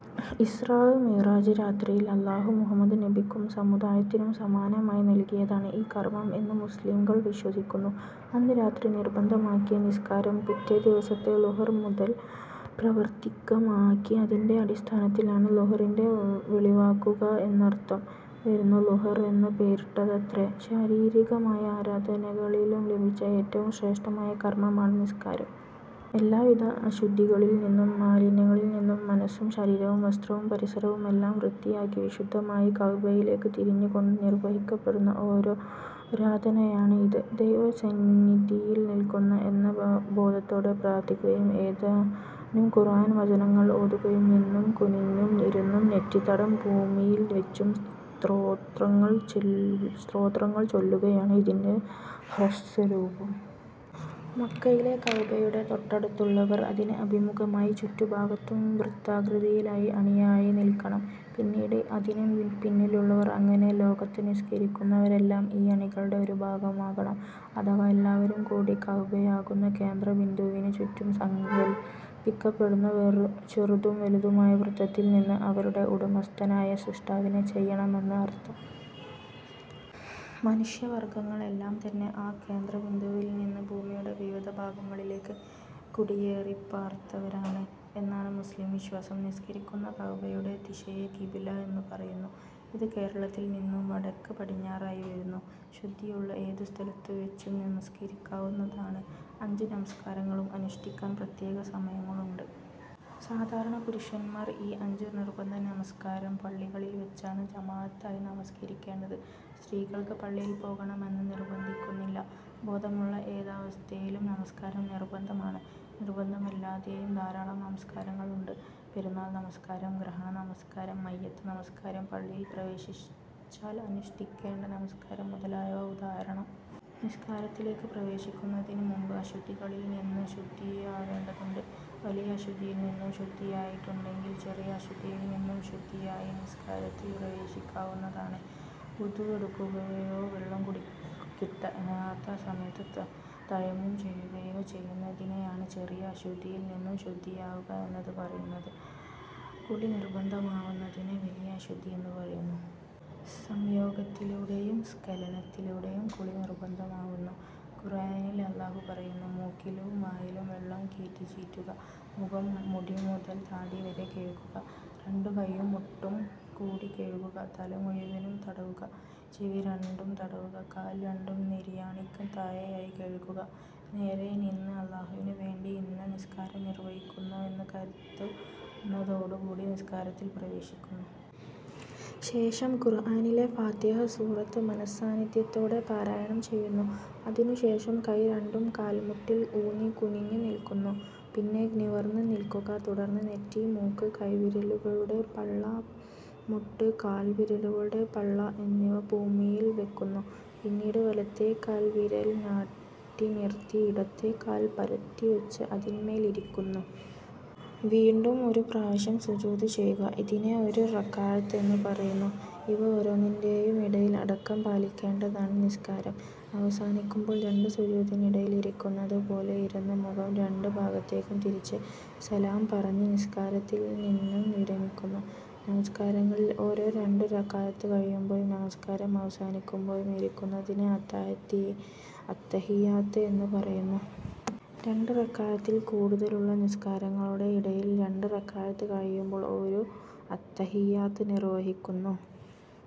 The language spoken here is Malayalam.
ഇസ്റാഅ് മിഅ്റാജ് രാത്രിയിൽ അല്ലാഹു മുഹമ്മദ് നബിക്കും സമുദായത്തിനും സമ്മാനമായി നൽകിയതാണ് ഈ കർമ്മം എന്ന് മുസ്ലിംകൾ വിശ്വസിക്കുന്നു. അന്ന് രാത്രി നിർബന്ധമാക്കിയ നിസ്കാരം പിറ്റേ ദിവസത്തെ ളുഹർ മുതൽ പ്രാവർത്തികമാക്കി. അതിൻ്റെ അടിസ്ഥാനത്തിലാണ് ളുഹ്റിന് വെളിവാകുക എന്നർത്ഥം വരുന്ന ളുഹർ എന്ന പേരിട്ടതത്രെ. ശാരീരികമായ ആരാധനകളിൽ ലഭിച്ച ഏറ്റവും ശ്രേഷ്ഠമായ കർമ്മമാണ് നിസ്കാരം. എല്ലാവിധ അശുദ്ധികളിൽ നിന്നും മാലിന്യങ്ങളിൽനിന്നും മനസ്സും ശരീരവും വസ്ത്രവും പരിസരവും എല്ലാം വൃത്തിയാക്കി വിശുദ്ധമായ കഅ്ബയിലേക്ക് തിരിഞ്ഞു കൊണ്ട് നിർവഹിക്കപ്പെടുന്ന ഒരാരാധനയാണ് ഇത്. ദൈവ സന്നിധിയിൽ നിൽക്കുന്നു എന്ന ബോധത്തോടെ പ്രാർത്ഥിക്കുകയും ഏതാനും ഖുർആൻ വചനങ്ങൾ ഓതുകയും നിന്നും കുനിഞ്ഞും ഇരുന്നും നെറ്റിത്തടം ഭൂമിയിൽ വെച്ചും സ്തോത്രങ്ങൾ ചൊല്ലു സ്തോത്രങ്ങൾ ചൊല്ലുകയാണ് ഇതിൻ്റെ ഹ്രസ്വരൂപം. മക്കയിലെ കഅബയുടെ തൊട്ടടുത്തുള്ളവർ അതിന് അഭിമുഖമായി ചുറ്റുഭാഗത്തും വൃത്താകൃതിയിലായി അണിയായി നിൽക്കണം. പിന്നീട് അതിന് പിന്നിലുള്ളവർ, അങ്ങനെ ലോകത്ത് നിസ്കരിക്കുന്നവരെല്ലാം ഈ അണികളുടെ ഒരു ഭാഗമാകണം. അഥവാ എല്ലാവരുംകൂടി കഅബയാകുന്ന കേന്ദ്ര ബിന്ദുവിനു ചുറ്റും സങ്കല്പിക്കപ്പെടുന്ന ചെറുതും വലുതുമായ വൃത്തത്തിൽനിന്ന് അവരുടെ ഉടമസ്ഥനായ സ്രഷ്ടാവിനെ ചെയ്യണമെന്ന് അർത്ഥം. മനുഷ്യ വർഗ്ഗങ്ങൾ എല്ലാം തന്നെ ആ കേന്ദ്രബിന്ദുവിൽ നിന്ന് ഭൂമിയുടെ വിവിധ ഭാഗങ്ങളിലേക്ക് കുടിയേറിപ്പാർത്തവരാണ് എന്നാണ് മുസ്ലിം വിശ്വാസം. നിസ്കരിക്കുന്ന കഅബയുടെ ദിശയെ കിബില എന്നു പറയുന്നു. ഇത് കേരളത്തിൽ നിന്നും വടക്ക് പടിഞ്ഞാറായി വരുന്നു. ശുദ്ധിയുള്ള ഏതു സ്ഥലത്തു വെച്ചും നമസ്ക്കരിക്കാവുന്നതാണ്. അഞ്ച് നമസ്കാരങ്ങളും അനുഷ്ഠിക്കാൻ പ്രത്യേക സമയങ്ങളുണ്ട്. സാധാരണ പുരുഷന്മാർ ഈ അഞ്ച് നിർബന്ധ നമസ്ക്കാരം പള്ളികളിൽ വെച്ചാണ് ജമാഅത്തായി നമസ്ക്കരിക്കേണ്ടത്. സ്ത്രീകൾക്ക് പള്ളിയിൽ പോകണമെന്ന് നിർബന്ധിക്കുന്നില്ല. ബോധമുള്ള ഏതവസ്ഥയിലും നമസ്കാരം നിർബന്ധമാണ്. നിർബന്ധമല്ലാതെയും ധാരാളം നമസ്ക്കാരങ്ങൾ ഉണ്ട്. പെരുന്നാൾ നമസ്ക്കാരം, ഗ്രഹണ നമസ്കാരം, മയ്യിത്ത് നമസ്ക്കാരം, പള്ളിയിൽ പ്രവേശിച്ചാൽ അനുഷ്ഠിക്കേണ്ട നമസ്കാരം മുതലായവ ഉദാഹരണം. നിസ്കാരത്തിലേക്ക് പ്രവേശിക്കുന്നതിനു മുൻപ് അശുദ്ധികളിൽ നിന്ന് ശുദ്ധിയാവേണ്ടതുണ്ട്. വലിയ അശുദ്ധിയിൽ നിന്നും ശുദ്ധിയായിട്ടുണ്ടെങ്കിൽ ചെറിയ അശുദ്ധിയിൽ നിന്നും ശുദ്ധിയായി നിസ്കാരത്തിൽ പ്രവേശിക്കാവുന്നതാണ്. വുദു എടുക്കുകയോ വെള്ളം കിട്ടാത്ത സമയത്ത് തയമ്മും ചെയ്യുകയോ ചെയ്യുന്നതിനെയാണ് ചെറിയ അശുദ്ധിയിൽ നിന്നും ശുദ്ധിയാവുക എന്ന് പറയുന്നത്. കുളി നിർബന്ധമാവുന്നതിനെ വലിയ അശുദ്ധി എന്ന് പറയുന്നു. സംയോഗത്തിലൂടെയും സ്ഖലനത്തിലൂടെയും കുളി നിർബന്ധമാവൂന്നു. ഖുർആനിൽ അല്ലാഹു പറയുന്നു. മൂക്കിലും വായിലും വെള്ളം കേറ്റിചീറ്റുക. മുഖം മുടിമുതൽ താടിവരെ കഴുകുക. രണ്ടു കയ്യും മുട്ടോട് കൂടി കഴുകുക. തല മുഴുവനും തടവുക. ചെവി രണ്ടും തടവുക. കാൽ രണ്ടും നെരിയാണിക്ക് താഴെയായി കഴുകുക. നേരെ നിന്ന് അല്ലാഹുവിനു വേണ്ടി ഇന്ന നിസ്കാരം നിർവ്വഹിക്കുന്നു എന്ന് കരുതുന്നതോടുകൂടി നിസ്ക്കാരത്തിൽ പ്രവേശിക്കുന്നു. ശേഷം ഖുർആനിലെ ഫാത്തിഹ സൂറത് മന:സ്സാന്നിധ്യത്തോടെ പാരായണം ചെയ്യുന്നു. അതിനു ശേഷം കൈ രണ്ടും കാൽ മുട്ടിൽ ഊന്നി കുനിഞ്ഞു നിൽക്കുന്നു. പിന്നെ നിവർന്ന് നിൽക്കുക. തുടർന്ന് നെറ്റി മൂക്ക് കൈവിരലുകളുടെ പള്ള മുട്ട് കാൽ വിരലുകളുടെ പള്ള എന്നിവ ഭൂമിയിൽ വെക്കുന്നു. പിന്നീട് വലത്തെകാൽവിരൽ നാട്ടിനിർത്തി ഇടത്തെ കാൽ പരത്തിവച്ച് അതിന്മേൽ ഇരിക്കുന്നു. വീണ്ടും ഒരു പ്രാവശ്യം സുജൂദ് ചെയ്യുക. ഇതിനെ ഒരു റകഅത്ത് എന്ന് പറയുന്നു. ഇവ ഓരോന്നിൻ്റെയും ഇടയിൽ അടക്കം പാലിക്കേണ്ടതാണ്. നിസ്കാരം അവസാനിക്കുമ്പോൾ രണ്ട് സുജൂദിനിടയിൽ ഇരിക്കുന്നത് പോലെ ഇരുന്ന് മുഖം രണ്ട് ഭാഗത്തേക്കും തിരിച്ച് സലാം പറഞ്ഞ് നിസ്കാരത്തിൽ നിന്നും വിരമിക്കുന്നു. നമസ്ക്കാരങ്ങളിൽ ഓരോ രണ്ട് റകഅത്ത് കഴിയുമ്പോഴും നമസ്ക്കാരം അവസാനിക്കുമ്പോഴും ഇരിക്കുന്നതിനെ അതാഹിയാ അത്തഹിയ്യാത്ത് എന്ന് പറയുന്നു. രണ്ട് റകഅത്തിൽ കൂടുതലുള്ള നിസ്കാരങ്ങളുടെ ഇടയിൽ രണ്ട് റകഅത്ത് കഴിയുമ്പോൾ ഒരു അത്തഹിയ്യാത്ത് നിർവ്വഹിക്കുന്നു.